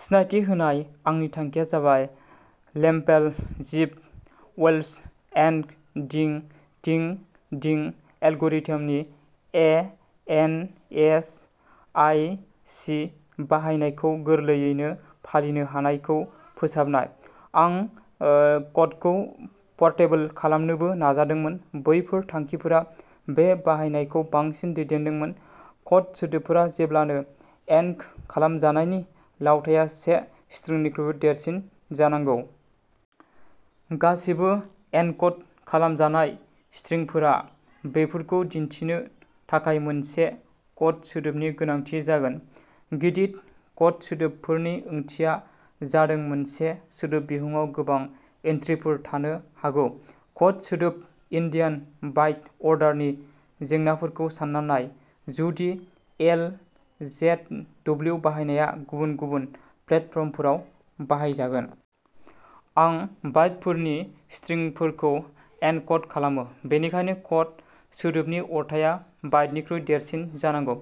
सिनायथि होनाय, आंनि थांखिया जाबाय लेमपेल-जिभ-अवेल्च एनक'डिं डिक'डिं एलग'रिथमनि A N S I C बाहायनायखौ गोरलैयैनो फालिनो हानायखौ फोसावनाय। आं ओ क'डखौ परटेबल खालामनोबो नाजादोंमोन। बैफोर थांखिफोरा बे बाहायनायखौ बांसिन दैदेनदोंमोन। क'ड सोदोबफोरा जेब्लानो एनक'ड खालामजानायनि लावथाइ से स्ट्रिंनिख्रुइ देरसिन जानांगौ। गासैबो एनक'ड खालामजानाय स्ट्रिंफोरा बेफोरखौ दिन्थिनो थाखाय मोनसे क'ड सोदोबनि गोनांथि जागोन। गिदिर क'ड सोदोबफोरनि ओंथिया जादों मोनसे सोदोब बिहुंआव गोबां एन्ट्रिफोर थानो हागौ। क'ड सोदोब एन्डियान/बाइट अर्डारनि जेंनाफोरखौ सानना नाय जुदि एल जेड डब्लिउ बाहायनाया गुबुन गुबुन प्लेटफर्मफोराव बाहायजागोन। आं बाइटफोरनि स्ट्रिंफोरखौ एनक'ड खालामो, बेनिखायनो क'ड सोदोबनि अरथाइया बाइटनिख्रुइ देरसिन जानांगौ।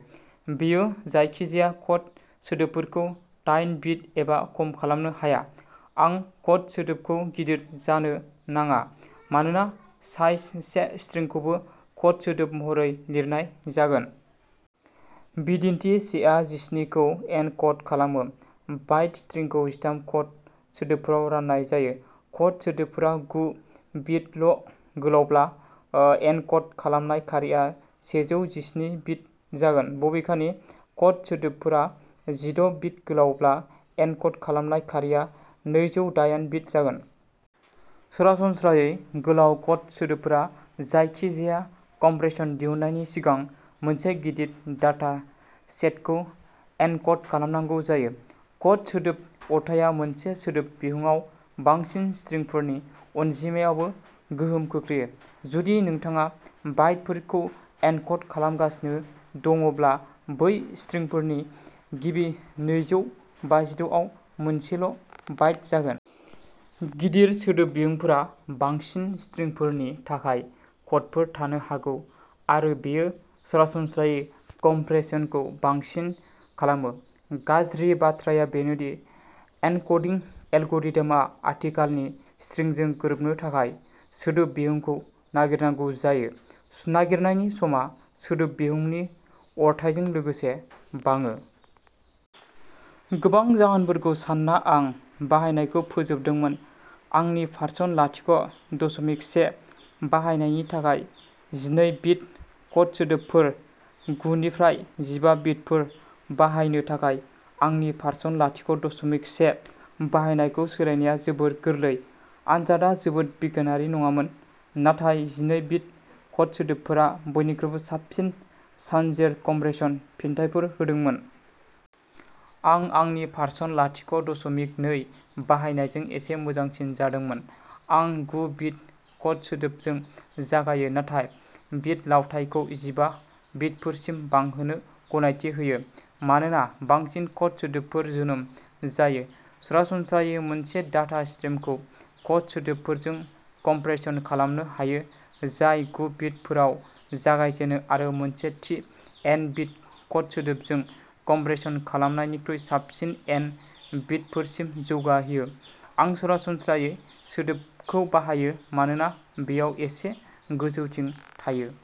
बेयो जायखिजाया क'ड सोदोबफोरखौ दाइन बिट एबा खम खालामनो हाया। आं क'ड सोदोबखौ गिदिर जानो नाङा, मानोना साइज से स्ट्रिंखौबो क'ड सोदोब महरै लिरनाय जागोन। बिदिन्थि से आ जिस्निखौ एनक'ड खालामो। बाइट स्ट्रिंखौ जिथाम क'ड सोदोबफोराव राननाय जायो। क'ड सोदोबफोरा गु बिट ल'गोलावब्ला, ओ एनक'ड खालामनाय खारिआ सेजौ जिस्नि बिट जागोन। बबेखानि, क'ड सोदोबफोरा जिद’ बिट गोलावब्ला, एनक'ड खालामनाय खारिआ नैजौ दाइन बिट जागोन। सरासनस्रायै, गोलाव क'ड सोदोबफोरा जायखिजाया कमप्रेसन दिहुननायनि सिगां मोनसे गिदिर डाटा सेटखौ एनक'ड खालामनांगौ जायो। क'ड सोदोब अरथाइया मोनसे सोदोब बिहुंआव बांसिन स्ट्रिंफोरनि अनजिमायावबो गोहोम खोख्लैयो। जुदि नोंथाङा बाइटफोरखौ एनक'ड खालामगासिनो दंब्ला बै स्ट्रिंफोरनि गिबि नैजौ बाजिद’ आ मोनसेल' बाइट जागोन। गिदिर सोदोब बिहुंफोरा बांसिन स्ट्रिंफोरनि थाखाय क'डफोर थानो हागौ आरो बेयो सरासनस्रायै कमप्रेसनखौ बांसिन खालामो। गाज्रि बाथ्राया बेनो दि एनक'डिं एलग'रिडमआ आथिखालनि स्ट्रिंजों गोरोबनो थाखाय सोदोब बिहुंखौ नागिरनांगौ जायो। नागिरनायनि समा सोदोब बिहुंनि अरथाइजों लोगोसे बाङो। गोबां जाहोनफोरखौ सानना आं बाहायनायखौ फोजोबदोंमोन। आंनि भारसन लाथिख’ दसमिक से बाहायनायनि थाखाय जिनै बिट क'ड सोदोबफोर। गु निफ्राय जिबा बिटफोर बाहायनो थाखाय आंनि भारसन लाथिख’ दसमिक से बाहायनायखौ सोलायनाया जोबोद गोरलै। आनजादआ जोबोद बिगियानारि नङामोन, नाथाय जिनै बिट क'ड सोदोबफोरा बयनिख्रुइ साबसिन सानजेर कमप्रेसन फिथायफोर होदोंमोन। आं आंनि भारसन लाथिख’ दसमिक नै बाहायनायजों एसे मोजांसिन जादोंमोन। आं गु बिट क'ड सोदोबजों जागायो, नाथाय बिट लावथाइखौ जिबा बिटफोरसिम बांहोनो गनायथि होयो मानोना बांसिन क'ड सोदोबफोर जोनोम जायो। सरासनस्रायै मोनसे डाटा स्ट्रिमखौ क'ड सोदोबफोरजों कमप्रेस्ड खालामनो हायो जाय गु बिटफोराव जागायजेनो आरो मोनसे थि एन बिट क'ड सोदोबजों कमप्रेस्ड खालामनायनिख्रुइ साबसिन एन बिटफोरसिम जौगायो। आं "सरासनस्रायै" सोदोबखौ बाहायो, मानोना बेयाव एसे गोजौथिं थायो।